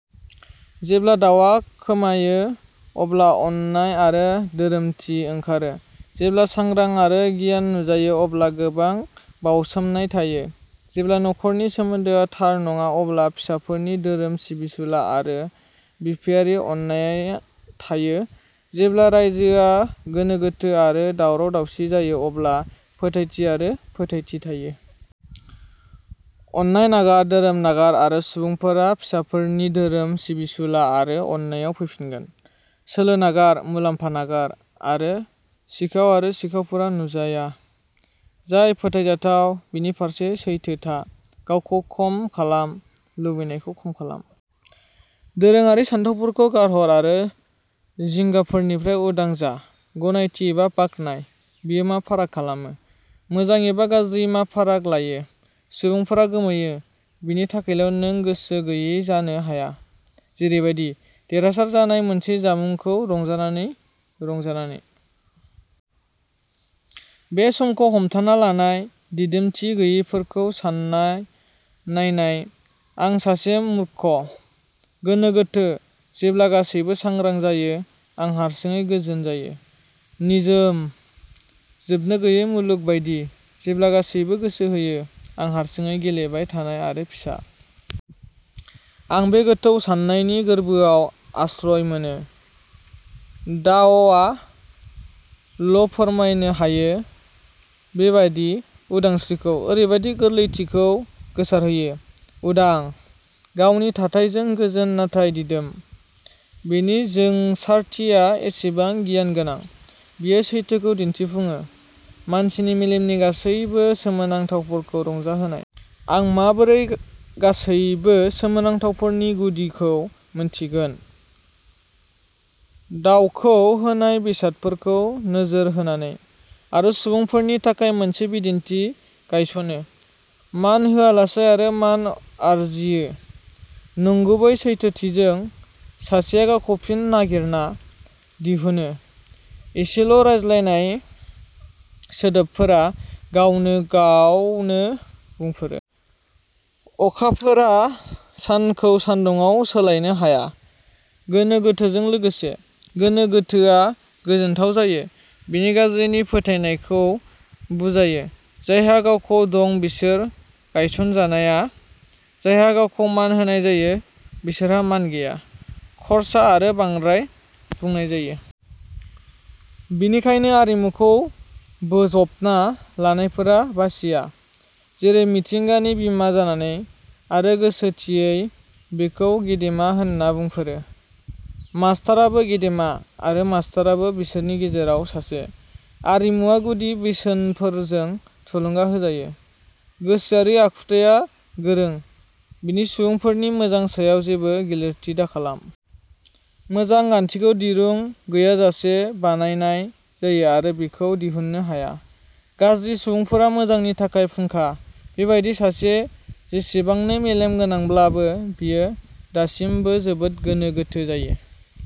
जेब्ला दावआ खोमायो, अब्ला अननाय आरो धोरोमथि ओंखारो। जेब्ला सांग्रा आरो गियान नुजायो, अब्ला गोबां बावसोमनाय थायो। जेब्ला नखरनि सोमोन्दोआ थार नङा, अब्ला फिसाफोरनि धोरोम सिबिसुला आरो बिफायारि अननाय थायो। जेब्ला रायजोआ गोनो गोथो आरो दावराव-दावसि जायो, अब्ला फोथायथि आरो फोथायथि थायो। अननाय नागार, धोरोम नागार; आरो सुबुंफोरा फिसाफोरनि धोरोम सिबिसुला आरो अननायाव फैफिनगोन। सोलो नागार, मुलाम्फा नागार; आरो सिखाव आरो सिखावफोरा नुजाया। जाय फोथायजाथाव, बिनि फारसे सैथो था। गावखौ खम खालाम, लुबैनायखौ खम खालाम। दोरोङारि सानथौफोरखौ गारहर आरो जिंगाफोरनिफ्राय उदां जा। गनायथि एबा बाख्नायनाय, बेयो मा फाराग खालामो? मोजां एबा गाज्रि, मा फारागथि लायो? सुबुंफोरा गोमोयो, बेनि थाखायल'नों गोसो गैयै जानो हाया? जेरैबादि। देरहासार जानाय मोनसे जामुंखौ रंजानानै रंजानानै। बे समखौ हमथाना लानाय! दिदोमथि गैयैफोरखौ सानना नायनाय। आं सासे मूर्ख! गोनो गोथो! जेब्ला गासैबो सांग्रां जायो, आं हारसिङै गोजोन जायो। निजोम! जोबनोगैयै मुलुग बायदि। जेब्ला गासैबो गोसो होयो, आं हारसिङै गेलेबाय थानाय आरो फिसा। आं बे गोथौ साननायनि गोरबोआव आश्रय मोनो। दाअ'आ ल'फोरमायनो हायो। बेबादि उदांस्रिखौ, ओरैबादि गोरलैथिखौ गोसारहोयो। उदां! गावनि थाथायजों गोजोन, नाथाय दिदोम। बेनि जोंसारथिया एसेबां गियानगोनां, बेयो सैथोखौ दिन्थिफुङो। मानसिनि मेलेमनि गासैबो सोमोनांथावफोरखौ रंजाहोनाय। आं माबोरै गासैबो सोमोनांथावफोरनि गुदिखौ मिन्थिगोन? दाअ'खौ होनाय बेसादफोरखौ नोजोर होनानै। आरो सुबुंफोरनि थाखाय मोनसे बिदिन्थि गायसनो। मान होआलासै आरो मान आरजियो। नंगुबै सैथोथिजों, सासेया गावखौ फिन नागिरना दिहुनो। एसेल'रायज्लायजानाय, सोदोबफोरा गावनो गावनो बुंफोरो। अखाफोरआ सानखौ सान्दुंआव सोलायनो हाया। गोनो गोथोजों लोगोसे, गोनो गोथोआ गोजोनथाव जायो। बे गाज्रिनि फोथायनायखौ बुजायो। जायहा गावखौ दं, बिसोर गायसनजाया। जायहा गावखौ मान होनाय जायो, बिसोरहा मान गैया। खर्सा आरो बांद्राय बुंनाय जायो। बेनिखायनो आरिमुखौ बोजबना लानायफोरा बासिया। जेरै मिथिंगानि बिमा जानानै। आरो गोसो थियै बेखौ गेदेमा होन्ना बुंफोरो। मास्ताराबो गेदेमा। आरो मास्ताराबो बिसोरनि गेजेराव सासे। आरिमुआ गुदि बोसोनफोरजों थुलुंगा होजायो। गोसोआरि आखुथाइआ गोरों। बेनि सुबुंफोरनि मोजांनि सायाव जेबो गिलिरथि दाखालाम। मोजां गान्थिखौ दिरुं गैयाजासे बानायनाय जायो आरो बेखौ दिहुननो हाया। गाज्रि सुबुंफोरा मोजांनि थाखाय फुंखा। बेबायदि सासे जेसेबांनो मेलेमगोनांब्लाबो, बियो दासिमबो जोबोद गोनो गोथो जायो।